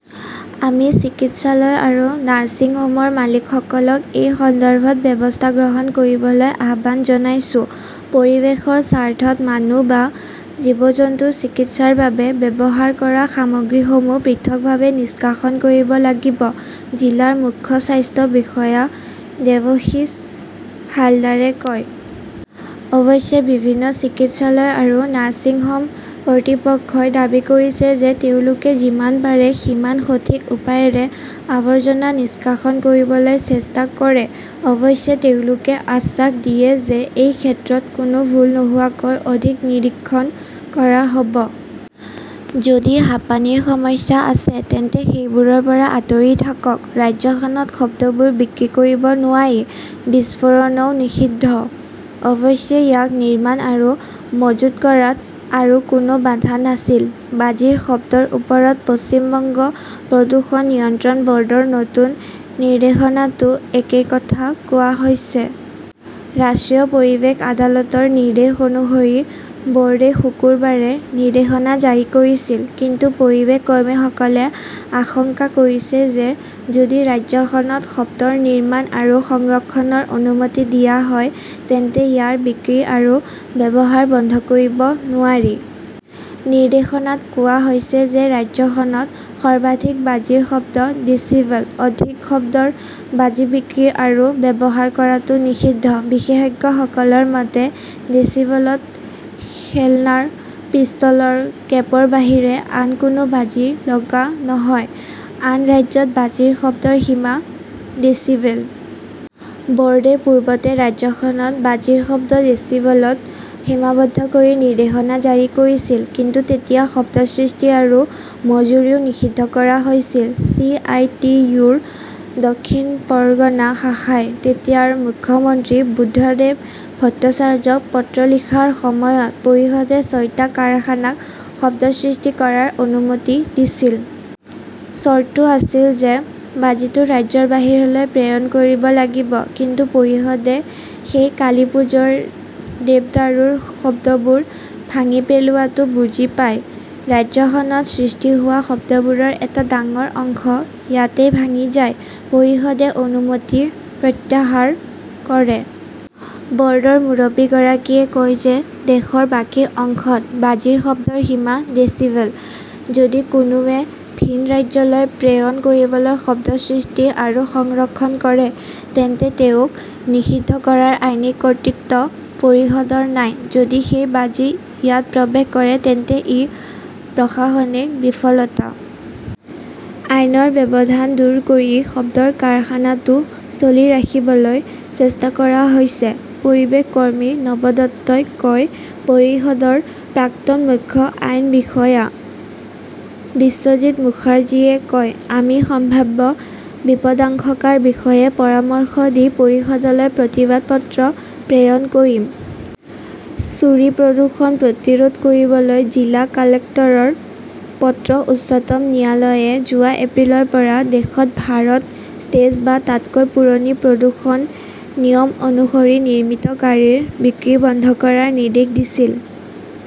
আমি চিকিৎসালয় আৰু নাৰ্ছিংহোমৰ মালিকসকলক এই সন্দৰ্ভত ব্যৱস্থা গ্ৰহণ কৰিবলৈ আহ্বান জনাইছো। পৰিৱেশৰ স্বাৰ্থত মানুহ বা জীৱ-জন্তুৰ চিকিৎসাৰ বাবে ব্যৱহাৰ কৰা সামগ্ৰীসমূহ পৃথকভাৱে নিষ্কাশন কৰিব লাগিব জিলাৰ মুখ্য স্বাস্থ্য বিষয়া দেৱশীছ হালদাৰে কয়। অৱশ্যে বিভিন্ন চিকিৎসালয় আৰু নাৰ্ছিংহোম কৰ্তৃপক্ষই দাবী কৰিছে যে তেওঁলোকে যিমান পাৰে সিমান সঠিক উপায়েৰে আৱৰ্জনা নিষ্কাশন কৰিবলৈ চেষ্টা কৰে। অৱশ্যে তেওঁলোকে আশ্বাস দিয়ে যে এই ক্ষেত্ৰত কোনো ভুল নোহোৱাকৈ অধিক নিৰীক্ষণ কৰা হ'ব। যদি হাঁপানীৰ সমস্যা আছে তেন্তে সেইবোৰৰ পৰা আতৰি থাকক। ৰাজ্যখনত শব্দবোৰ বিক্ৰী কৰিব নোৱাৰি। বিস্ফোৰণও নিষিদ্ধ। অৱশ্যে, ইয়াক নিৰ্মাণ আৰু মজুত কৰাত আৰু কোনো বাধা নাছিল। বাজিৰ শব্দৰ ওপৰত পশ্চিম বংগ প্ৰদূষণ নিয়ন্ত্ৰণ বৰ্ডৰ নতুন নিৰ্দেশনাতো একেই কথা কোৱা হৈছে। ৰাষ্ট্ৰীয় পৰিৱেশ আদালতৰ নিৰ্দেশ অনুসৰি বোৰ্ডে শুকুৰবাৰে নিৰ্দেশনা জাৰি কৰিছিল। কিন্তু পৰিৱেশ কৰ্মীসকলে আশংকা কৰিছে যে যদি ৰাজ্যখনত শব্দৰ নিৰ্মান আৰু সংৰক্ষণৰ অনুমতি দিয়া হয় তেন্তে ইয়াৰ বিক্ৰী আৰু ব্যৱহাৰ বন্ধ কৰিব নোৱাৰি। নিৰ্দেশনাত কোৱা হৈছে যে ৰাজ্যখনত সৰ্বাধিক বাজিৰ শব্দ ডেছিবেল। অধিক শব্দৰ বাজি বিক্ৰী আৰু ব্যৱহাৰ কৰাটো নিষিদ্ধ। বিশেষজ্ঞসকলৰ মতে, ডেছিবলত খেলনাৰ পিস্তলৰ কেপৰ বাহিৰে আন কোনো বাজি লগা নহয়। আন ৰাজ্যত বাজিৰ শব্দৰ সীমা ডেচিবেল। বৰ্ডে পূৰ্বতে ৰাজ্যখনত বাজিৰ শব্দ ডেছিবলত সীমাবদ্ধ কৰি নিৰ্দেশনা জাৰি কৰিছিল। কিন্তু তেতিয়া শব্দ সৃষ্টি আৰু মজুৰিও নিষিদ্ধ কৰা হৈছিল। চি. আই. টি. ইউ. -ৰ দক্ষিণ পৰগনা শাখাই তেতিয়াৰ মুখ্যমন্ত্ৰী বুদ্ধদেব ভট্টাচাৰ্যক পত্ৰ লিখাৰ সময়ত পৰিষদে ছয়টা কাৰখানাক শব্দ সৃষ্টি কৰাৰ অনুমতি দিছিল। চৰ্তটো আছিল যে বাজিটো ৰাজ্যৰ বাহিৰলৈ প্ৰেৰণ কৰিব লাগিব। কিন্তু পৰিষদে সেই কালীপুজোৰ দেৱদাৰুৰ শব্দবোৰ ভাঙি পেলোৱাটো বুজি পায়, ৰাজ্যখনত সৃষ্টি হোৱা শব্দবোৰৰ এটা ডাঙৰ অংশ ইয়াতেই ভাঙি যায়। পৰিষদে অনুমতি প্ৰত্যাহাৰ কৰে। বৰ্ডৰ মুৰব্বীগৰাকীয়ে কয় যে দেশৰ বাকী অংশত বাজিৰ শব্দৰ সীমা ডেছিবেল। যদি কোনোৱে ভিন ৰাজ্যলৈ প্ৰেৰণ কৰিবলৈ শব্দ সৃষ্টি আৰু সংৰক্ষণ কৰে তেন্তে তেওঁক নিষিদ্ধ কৰাৰ আইনী কৰ্তৃত্ব পৰিষদৰ নাই। যদি সেই বাজি ইয়াত প্ৰৱেশ কৰে তেন্তে ই প্ৰশাসনিক বিফলতা। আইনৰ ব্যৱধান দূৰ কৰি শব্দৰ কাৰখানাটো চলি ৰাখিবলৈ চেষ্টা কৰা হৈছে, পৰিৱেশ কৰ্মী নৱ দত্তই কয়। পৰিষদৰ প্ৰাক্তন মুখ্য আইন বিষয়া বিশ্বজিত মুখাৰ্জীয়ে কয়, আমি সম্ভাৱ্য বিপদাশংকাৰ বিষয়ে পৰামৰ্শ দি পৰিষদলৈ প্ৰতিবাদ পত্ৰ প্ৰেৰণ কৰিম। চুৰি-প্ৰদূষণ প্ৰতিৰোধ কৰিবলৈ জিলা কালেক্টৰৰ পত্ৰ উচ্চতম ন্যায়ালয়ে যোৱা এপ্ৰিলৰ পৰা দেশত ভাৰত ষ্টেজ- বা তাতকৈ পুৰণি প্ৰদূষণ নিয়ম অনুসৰি নিৰ্মিত গাড়ীৰ বিক্ৰী বন্ধ কৰাৰ নিৰ্দেশ দিছিল।